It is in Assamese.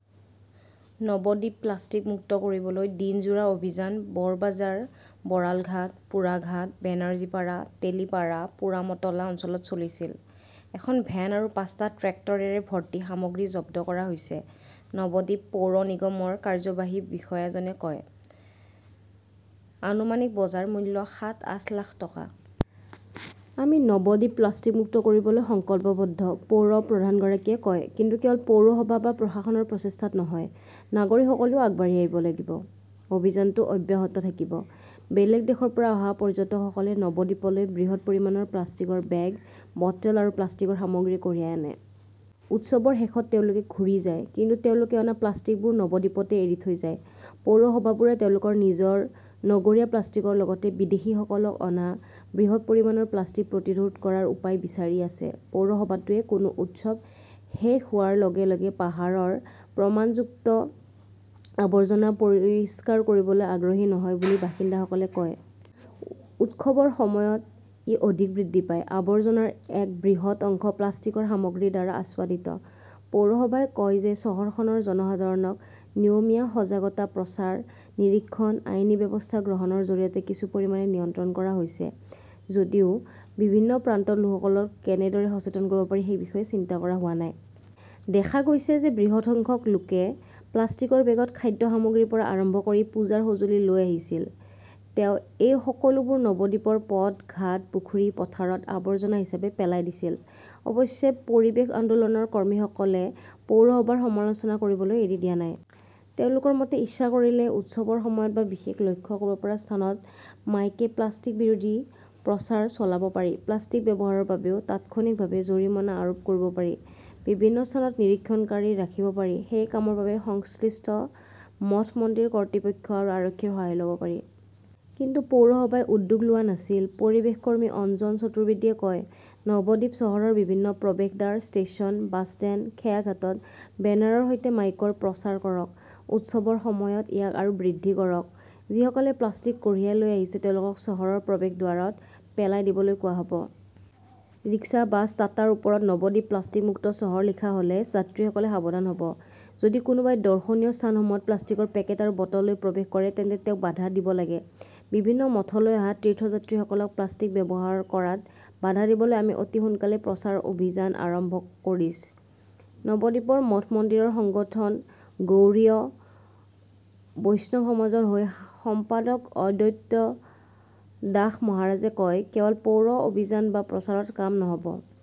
নবদ্বীপ প্লাষ্টিক মুক্ত কৰিবলৈ দিনজোৰা অভিযান বৰবাজাৰ, বৰালঘাট, পোৰাঘাট, বেনাৰ্জীপাড়া, তেলিপাড়া, পোৰামতলা অঞ্চলত চলিছিল। এখন ভেন আৰু পাঁচটা ট্ৰেক্টৰেৰে ভৰ্তি সামগ্ৰী জব্দ কৰা হৈছে, নৱদ্বীপ পৌৰ নিগমৰ কাৰ্যবাহী বিষয়াজনে কয়। আনুমানিক বজাৰ মূল্য সাত-আঠ লাখ টকা। আমি নৱদ্বীপ প্লাষ্টিক মুক্ত কৰিবলৈ সংকল্পবদ্ধ, পৌৰ প্ৰধানগৰাকীয়ে কয়। কিন্তু কেৱল পৌৰসভা বা প্ৰশাসনৰ প্ৰচেষ্টাত নহয়, নাগৰিকসকলেও আগবাঢ়ি আহিব লাগিব। অভিযানটো অব্যাহত থাকিব। বেলেগ দেশৰ পৰা অহা পৰ্যটকসকলে নৱদ্বীপলৈ বৃহৎ পৰিমাণৰ প্লাষ্টিকৰ বেগ, বটল আৰু প্লাষ্টিকৰ সামগ্ৰী কঢ়িয়াই আনে। উৎসৱৰ শেষত তেওঁলোকে ঘূৰি যায় কিন্তু তেওঁলোকে অনা প্লাষ্টিকবোৰ নৱদ্বীপতে এৰি থৈ যায়। পৌৰসভাবোৰে তেওঁলোকৰ নিজৰ নগৰীয়া প্লাষ্টিকৰ লগতে বিদেশীসকলক অনা বৃহৎ পৰিমাণৰ প্লাষ্টিক প্ৰতিৰোধ কৰাৰ উপায় বিচাৰি আছে। পৌৰসভাটোৱে কোনো উৎসৱ শেষ হোৱাৰ লগে লগে পাহাৰৰ প্ৰমাণযুক্ত আৱৰ্জনা পৰিষ্কাৰ কৰিবলৈ আগ্ৰহী নহয় বুলি বাসিন্দাসকলে কয়। উৎসৱৰ সময়ত ই অধিক বৃদ্ধি পায়। আৱৰ্জনাৰ এক বৃহৎ অংশ প্লাষ্টিকৰ সামগ্ৰীৰ দ্বাৰা আচ্ছাদিত। পৌৰসভাই কয় যে চহৰখনৰ জনসাধাৰণক নিয়মীয়া সজাগতা প্ৰচাৰ, নিৰীক্ষণ, আইনী ব্যৱস্থা গ্ৰহণৰ জৰিয়তে কিছু পৰিমাণে নিয়ন্ত্ৰণ কৰা হৈছে যদিও বিভিন্ন প্ৰান্তৰ লোকসকলক কেনেদৰে সচেতন কৰিব পাৰি সেই বিষয়ে চিন্তা কৰা হোৱা নাই। দেখা গৈছে যে বৃহৎ সংখ্যক লোকে প্লাষ্টিকৰ বেগত খাদ্য সামগ্ৰীৰ পৰা আৰম্ভ কৰি পূজাৰ সঁজুলি লৈ আহিছিল। তেওঁ এই সকলোবোৰ নৱদ্বীপৰ পথ-ঘাট-পুখুৰী-পথাৰত আৱৰ্জনা হিচাপে পেলাই দিছিল। অৱশ্যে, পৰিৱেশ আন্দোলনৰ কৰ্মীসকলে পৌৰসভাৰ সমালোচনা কৰিবলৈ এৰি দিয়া নাই। তেওঁলোকৰ মতে, ইচ্ছা কৰিলে উৎসৱৰ সময়ত বা বিশেষ লক্ষ্য কৰিব পৰা স্থানত মাইকে প্লাষ্টিক বিৰোধী প্ৰচাৰ চলাব পাৰি। প্লাষ্টিক ব্যৱহাৰৰ বাবেও তাৎক্ষণিকভাৱে জৰিমনা আৰোপ কৰিব পাৰি। বিভিন্ন স্থানত নিৰীক্ষণকাৰী ৰাখিব পাৰি। সেই কামৰ বাবে সংশ্লিষ্ট মঠ-মন্দিৰ কৰ্তৃপক্ষ আৰু আৰক্ষীৰ সহায় ল'ব পাৰি। কিন্তু পৌৰসভাই উদ্যোগ লোৱা নাছিল। পৰিৱেশ কৰ্মী অঞ্জন চতুৰ্বেদীয়ে কয়, নৱদ্বীপ চহৰৰ বিভিন্ন প্ৰৱেশদ্বাৰ, ষ্টেচন, বাছষ্টেণ্ড, খেয়াঘাটত বেনাৰৰ সৈতে মাইকৰ প্ৰচাৰ কৰক। উৎসৱৰ সময়ত ইয়াক আৰু বৃদ্ধি কৰক। যিসকলে প্লাষ্টিক কঢ়িয়াই লৈ আহিছে তেওঁলোকক চহৰৰ প্ৰৱেশদ্বাৰত পেলাই দিবলৈ কোৱা হ'ব। ৰিক্সা, বাছ, টাটাৰ ওপৰত 'নৱদ্বীপ প্লাষ্টিক মুক্ত চহৰ' লিখা হ'লে যাত্ৰীসকলে সাৱধান হ'ব। যদি কোনোবাই দৰ্শনীয় স্থানসমূহত প্লাষ্টিকৰ পেকেট আৰু বটল লৈ প্ৰৱেশ কৰে তেন্তে তেওঁক বাধা দিব লাগে। বিভিন্ন মঠলৈ অহা তীৰ্থযাত্ৰীসকলক প্লাষ্টিক ব্যৱহাৰ কৰাত বাধা দিবলৈ আমি অতি সোনকালে প্ৰচাৰ অভিযান আৰম্ভ কৰিছ, নৱদ্বীপৰ মঠ মন্দিৰৰ সংগঠন গৌড়ীয় বৈষ্ণৱ সমাজৰ হৈ সম্পাদক অদ্বৈত দাস মহাৰাজে কয়। ""কেৱল পৌৰ অভিযান বা প্ৰচাৰত কাম নহ'ব।